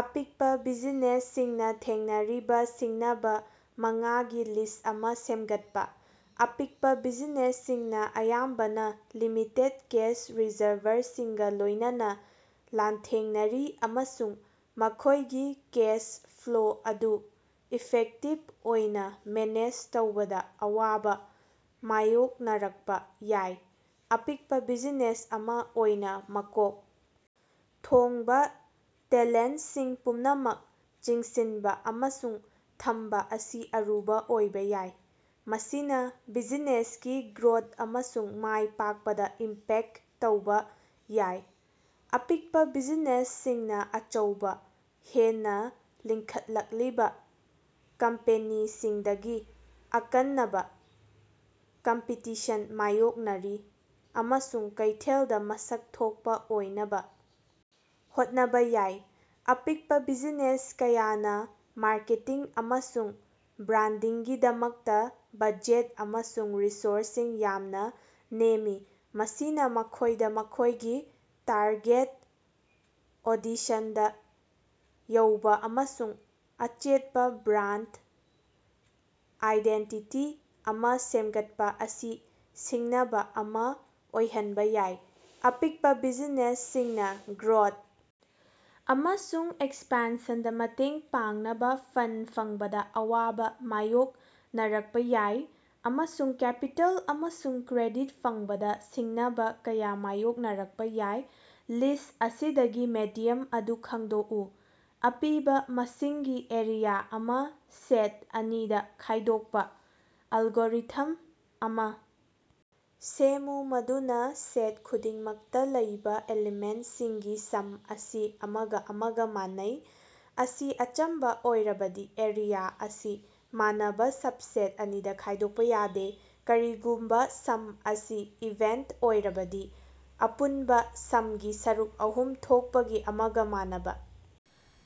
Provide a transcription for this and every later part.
ꯑꯄꯤꯛꯄꯥ ꯕꯤꯖꯤꯅꯦꯁꯁꯤꯡꯅꯥ ꯊꯦꯡꯅꯔꯤꯕꯥ ꯁꯤꯡꯅꯕꯥ ꯃꯉꯥꯒꯤ ꯂꯤꯁ꯭ꯠ ꯑꯃꯥ ꯁꯦꯝꯒꯠꯄꯥ꯫ ꯑꯄꯤꯛꯄꯥ ꯕꯤꯖꯤꯅꯦꯁꯁꯤꯡꯅꯥ ꯑꯌꯥꯝꯕꯅꯥ ꯂꯤꯃꯤꯇꯦꯗ ꯀꯦꯁ ꯔꯤꯖꯔꯚꯔꯁꯤꯡꯒꯥ ꯂꯣꯏꯅꯅꯥ ꯂꯥꯟꯊꯦꯡꯅꯔꯤ ꯑꯃꯁꯨꯡ ꯃꯈꯣꯏꯒꯤ ꯀꯦꯁ ꯐ꯭ꯂꯣ ꯑꯗꯨ ꯏꯐꯦꯛꯇꯤꯕ ꯑꯣꯏꯅ ꯃꯦꯅꯦꯖ ꯇꯧꯕꯗꯥ ꯑꯋꯥꯕꯥ ꯃꯥꯌꯣꯛꯅꯔꯛꯄꯥ ꯌꯥꯏ꯫ ꯑꯄꯤꯛꯄꯥ ꯕꯤꯖꯤꯅꯦꯁ ꯑꯃꯥ ꯑꯣꯏꯅ ꯃꯀꯣꯛ ꯊꯣꯡꯕꯥ ꯇꯦꯂꯦꯟꯇꯁꯤꯡ ꯄꯨꯛꯅꯃꯛ ꯆꯤꯡꯁꯤꯟꯕ ꯑꯃꯁꯨꯡ ꯊꯝꯕ ꯑꯁꯤ ꯑꯔꯨꯕ ꯑꯣꯏꯕ ꯌꯥꯏ꯫ ꯃꯁꯤꯅꯥ ꯕꯤꯖꯤꯅꯦꯁꯀꯤ ꯒ꯭ꯔꯣꯊ ꯑꯃꯁꯨꯡ ꯃꯥꯏ ꯄꯥꯛꯄꯗꯥ ꯏꯝꯄꯦꯛꯇ ꯇꯧꯕ ꯌꯥꯏ꯫ ꯑꯄꯤꯛꯄꯥ ꯕꯤꯖꯤꯅꯦꯁꯁꯤꯡꯅꯥ ꯑꯆꯧꯕ, ꯍꯦꯟꯅꯥ ꯂꯤꯡꯈꯠꯂꯛꯂꯤꯕ ꯀꯝꯄꯦꯅꯤꯁꯤꯡꯗꯒꯤ ꯑꯀꯟꯅꯕ ꯀꯝꯄꯤꯇꯤꯁꯟ ꯃꯥꯌꯣꯛꯅꯔꯤ, ꯑꯃꯁꯨꯡ ꯀꯩꯊꯦꯜꯗꯥ ꯃꯁꯛ ꯊꯣꯛꯄꯥ ꯑꯣꯏꯅꯕ ꯍꯣꯠꯅꯕ ꯌꯥꯏ꯫ ꯑꯄꯤꯛꯄꯥ ꯕꯤꯖꯤꯅꯦꯁ ꯀꯌꯥꯅꯥ ꯃꯥꯔꯀꯦꯇꯤꯡ ꯑꯃꯁꯨꯡ ꯕ꯭ꯔꯥꯟꯗꯤꯡꯒꯤꯗꯃꯛꯇꯥ ꯕꯖꯦꯠ ꯑꯃꯁꯨꯡ ꯔꯤꯁꯣꯔꯁꯁꯤꯡ ꯌꯥꯝꯅ ꯅꯦꯝꯃꯤ, ꯃꯁꯤꯅꯥ ꯃꯈꯣꯏꯗꯥ ꯃꯈꯣꯏꯒꯤ ꯇꯥꯔꯒꯦꯠ ꯑꯣꯗꯤꯁꯟꯗꯥ ꯌꯧꯕ ꯑꯃꯁꯨꯡ ꯑꯆꯦꯠꯄꯥ ꯕ꯭ꯔꯥꯟꯗ ꯑꯥꯏꯗꯦꯟꯇꯤꯇꯤ ꯑꯃꯥ ꯁꯦꯝꯒꯠꯄꯥ ꯑꯁꯤ ꯁꯤꯡꯅꯕ ꯑꯃꯥ ꯑꯣꯏꯍꯟꯕ ꯌꯥꯏ꯫ ꯑꯄꯤꯛꯄꯥ ꯕꯤꯖꯤꯅꯦꯁꯁꯤꯡꯅꯥ ꯒ꯭ꯔꯣꯊ ꯑꯃꯁꯨꯡ ꯑꯦꯛꯁꯄꯥꯟꯁꯟꯗꯥ ꯃꯇꯦꯡ ꯄꯥꯡꯅꯕ ꯐꯟꯗ ꯐꯪꯕꯗꯥ ꯑꯋꯥꯕ ꯃꯥꯌꯣꯛꯅꯔꯛꯄꯥ ꯌꯥꯏ, ꯑꯃꯁꯨꯡ ꯀꯦꯄꯤꯇꯦꯜ ꯑꯃꯁꯨꯡ ꯀ꯭ꯔꯦꯗꯤꯠ ꯐꯪꯕꯗꯥ ꯁꯤꯡꯅꯕ ꯀꯌꯥ ꯃꯥꯌꯣꯛꯅꯔꯛꯄꯥ ꯌꯥꯏ꯫ ꯂꯤꯁ꯭ꯠ ꯑꯁꯤꯗꯒꯤ ꯃꯦꯗꯤꯌꯝ ꯑꯗꯨ ꯈꯪꯗꯣꯛꯎ꯫ ꯑꯄꯤꯕꯥ ꯃꯁꯤꯡꯒꯤ ꯑꯦꯔꯦꯌ ꯥ ꯑꯃꯥ ꯁꯦꯠ ꯑꯅꯤꯗꯥ ꯈꯥꯏꯗꯣꯛꯄꯥ ꯑꯦꯂꯒꯣꯔꯤꯊꯝ ꯑꯃꯥ ꯁꯦꯝꯃꯨ ꯃꯗꯨꯅꯥ ꯁꯦꯠ ꯈꯨꯗꯤꯡꯃꯛꯇꯥ ꯂꯩꯕ ꯑꯦꯂꯤꯃꯦꯟꯇꯁꯤꯡꯒꯤ ꯁꯝ ꯑꯁꯤ ꯑꯃꯒꯥ ꯑꯃꯒꯥ ꯃꯥꯟꯅꯩ꯫ ꯑꯁꯤ ꯑꯆꯝꯕꯥ ꯑꯣꯏꯔꯕꯗꯤ, ꯑꯦꯔꯦꯌꯥ ꯑꯁꯤ ꯃꯥꯟꯅꯕꯥ ꯁꯕꯁꯦꯠ ꯑꯅꯤꯗꯥ ꯈꯥꯏꯗꯣꯛꯄꯥ ꯌꯥꯗꯦ꯫ ꯀꯔꯤꯒꯨꯝꯕ ꯁꯝ ꯑꯁꯤ ꯏꯚꯦꯟꯇ ꯑꯣꯏꯔꯕꯗꯤ, ꯑꯄꯨꯟꯕꯥ ꯁꯝꯒꯤ ꯁꯔꯨꯛ ꯑꯍꯨꯝ ꯊꯣꯛꯄꯒꯤ ꯑꯃꯒꯥ ꯃꯥꯟꯅꯕꯥ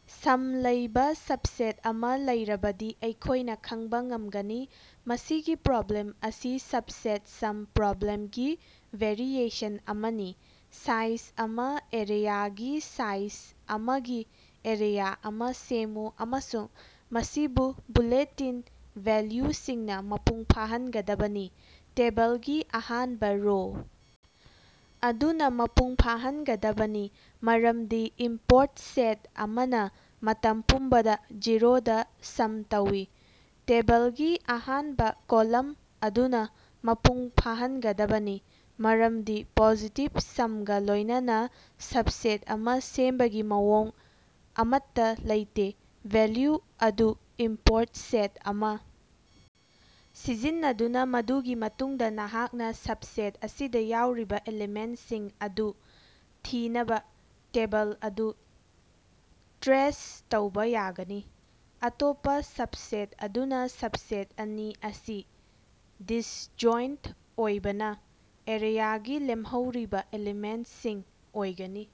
ꯁꯝ ꯂꯩꯕ ꯁꯕꯁꯦꯠ ꯑꯃꯥ ꯂꯩꯔꯕꯗꯤ ꯑꯩꯈꯣꯏꯅ ꯈꯪꯕ ꯉꯝꯒꯅꯤ꯫ ꯃꯁꯤꯒꯤ ꯄ꯭ꯔꯣꯕ꯭ꯂꯦꯝ ꯑꯁꯤ ꯁꯕꯁꯦꯠ ꯁꯝ ꯄ꯭ꯔꯣꯕ꯭ꯂꯦꯝꯒꯤ ꯚꯦꯔꯤꯑꯦꯁꯟ ꯑꯃꯅꯤ꯫ ꯁꯥꯏꯖ ꯑꯃꯥ ꯑꯦꯔꯦꯌꯥꯒꯤ ꯁꯥꯏꯖ ꯑꯃꯥꯒꯤ ꯑꯦꯔꯦꯌꯥ ꯑꯃꯥ ꯁꯦꯝꯃꯨ ꯑꯃꯁꯨꯡ ꯃꯁꯤꯕꯨ ꯕꯨꯂꯦꯇꯤꯟ ꯚꯦꯜꯌꯨꯁꯤꯡꯅꯥ ꯃꯄꯨꯡ ꯐꯥꯍꯟꯒꯗꯕꯅꯤ꯫ ꯇꯦꯕꯂꯒꯤ ꯑꯍꯥꯟꯕ ꯔꯣ ꯑꯗꯨꯅꯥ ꯃꯄꯨꯡ ꯐꯥꯍꯟꯒꯗꯕꯅꯤ, ꯃꯔꯝꯗꯤ ꯏꯝꯄꯣꯔꯠ ꯁꯦꯠ ꯑꯃꯅꯥ ꯃꯇꯝ ꯄꯨꯝꯕꯗꯥ ꯖꯦꯔꯣꯗꯥ ꯁꯝ ꯇꯧꯏ꯫ ꯇꯦꯕꯂꯒꯤ ꯑꯍꯥꯅꯕꯥ ꯀꯣꯂꯝ ꯑꯗꯨꯅꯥ ꯃꯄꯨꯡ ꯐꯥꯍꯟꯒꯗꯕꯅꯤ, ꯃꯔꯝꯗꯤ ꯄꯣꯖꯤꯇꯤꯚ ꯁꯝꯒꯥ ꯂꯣꯏꯅꯅꯥ ꯁꯕꯁꯦꯠ ꯑꯃꯥ ꯁꯦꯝꯕꯒꯤ ꯃꯑꯣꯡ ꯑꯃꯠꯇꯥ ꯂꯩꯇꯦ꯫ ꯚꯦꯜꯌꯨ ꯑꯗꯨ ꯏꯝꯄꯣꯔꯠ ꯁꯦꯠ ꯑꯃꯥ ꯁꯤꯖꯤꯟꯅꯗꯨꯅꯥ ꯃꯗꯨꯒꯤ ꯃꯇꯨꯡꯗꯥ ꯅꯍꯥꯛꯅꯥ ꯁꯕꯁꯦꯠ ꯑꯁꯤꯗꯥ ꯌꯥꯎꯔꯤꯕꯥ ꯑꯦꯂꯤꯃꯦꯟꯇꯁꯤꯡ ꯑꯗꯨ ꯊꯤꯅꯕꯥ ꯇꯦꯕꯜ ꯑꯗꯨ ꯇ꯭ꯔꯦꯁ ꯇꯧꯕ ꯌꯥꯒꯅꯤ꯫ ꯑꯇꯣꯞꯄꯥ ꯁꯕꯁꯦꯠ ꯑꯗꯨꯅꯥ ꯁꯕꯁꯦꯠ ꯑꯅꯤ ꯑꯁꯤ ꯗꯤꯁꯖꯣꯏꯟꯇ ꯑꯣꯏꯕꯅ ꯑꯦꯔꯦꯌꯥꯒꯤ ꯂꯦꯝꯍꯧꯔꯤꯕ ꯑꯦꯂꯤꯃꯦꯟꯇꯁꯤꯡ ꯑꯣꯏꯒꯅꯤ꯫